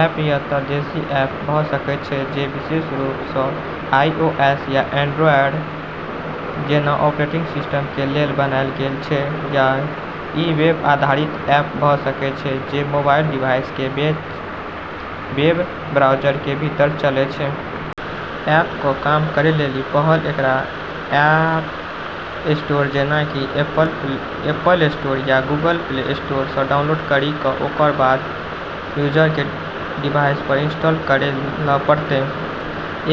App या त देशी ऐप भ सकय छै, जे विशेष रूप सं आईओएस या एंड्रॉयड जैना ऑपरेटिंग सिस्टम के लेल बनायल गेल छै, या इ वेब आधारित ऐप भ सकय छै, जे मोबाइल डिवाइस के वेब ब्राउज़र के भीतर चलै छै। ऐप क काम करै लेली पहल एकरा ऐप स्टोर, जेना कि एप्पल स्टोर या गूगल प्ले स्टोर स डाउनलोड करी क ओकरा बाद यूजर के डिवाइस प इंस्टॉल करै ल पड़तै।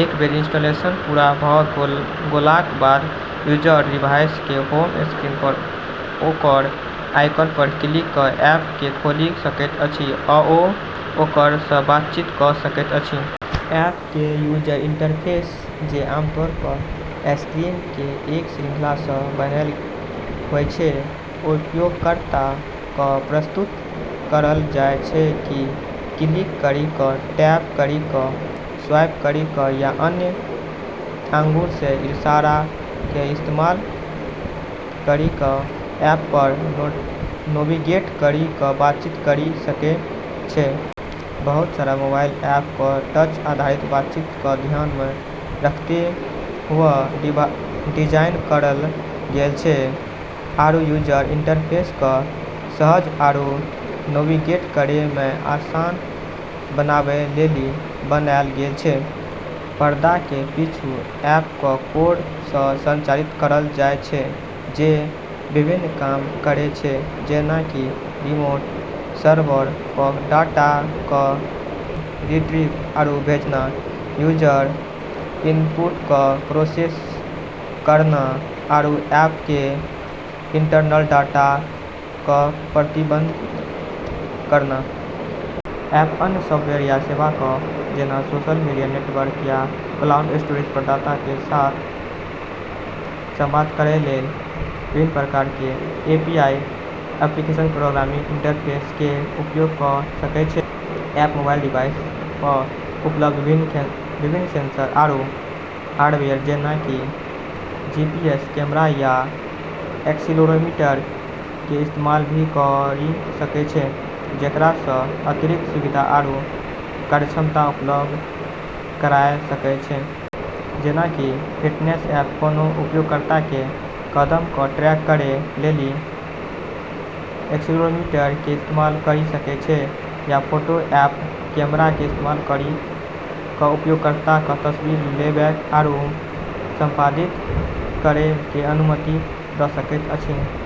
एक बेर इंस्टॉलेशन पूरा भ गेलाक बाद यूजर डिवाइस के होम स्क्रीन पर ओकर आइकन पर क्लिक क ऐप के खोलि सकैत अछि आओर ओकरा सं बातचीत क सकैत अछि। ऐप के यूजर इंटरफेस, जे आमतौर प स्क्रीन के एक श्रृंखला स बनल होय छै, उपयोगकर्ता क प्रस्तुत करल जाय छै, जे क्लिक करी क, टैप करी क, स्वाइप करी क या अन्य आँगुर के इशारा के इस्तेमाल करी क ऐप प नेविगेट करी क बातचीत करी सकै छै। बहुत सारा मोबाइल ऐप क टच आधारित बातचीत क ध्यान मे रखतें हुअ डिजाइन करल गेल छै, आरू यूजर इंटरफेस क सहज आरू नेविगेट करै मे आसान बनाबै लेली बनाल गेल छै। पर्दा के पीछू ऐप क कोड स संचालित करल जाय छै जे विभिन्न काम करै छै, जेना कि रिमोट सर्वर प डाटा क रिट्रीव आरू भेजना, यूजर इनपुट क प्रोसेस करना, आरू ऐप के इंटरनल डाटा क प्रबंधित करना। ऐप अन्य सॉफ्टवेयर या सेवाक, जेना सोशल मीडिया नेटवर्क या क्लाउड स्टोरेज प्रदाताक के साथ संवाद करय के लेल विभिन्न प्रकार के एपीआई (एप्लीकेशन प्रोग्रामिंग इंटरफेस) के उपयोग क सकय छै। ऐप मोबाइल डिवाइस प उपलब्ध विभिन्न सेंसर आरू हार्डवेयर, जेना कि जीपीएस, कैमरा, या एक्सीलेरोमीटर के इस्तेमाल भी करी सकै छै, जेकरा स अतिरिक्त सुविधा आरू कार्यक्षमता उपलब्ध कराय सकै छै। जेना कि फिटनेस ऐप कोनों उपयोगकर्ता के कदम क ट्रैक करै लेली एक्सीलेरोमीटर के इस्तेमाल करी सकै छै, या फोटो ऐप कैमरा के इस्तेमाल करी क उपयोगकर्ता क तस्वीर लेबै आरू संपादित करै के अनुमति द सकै छै।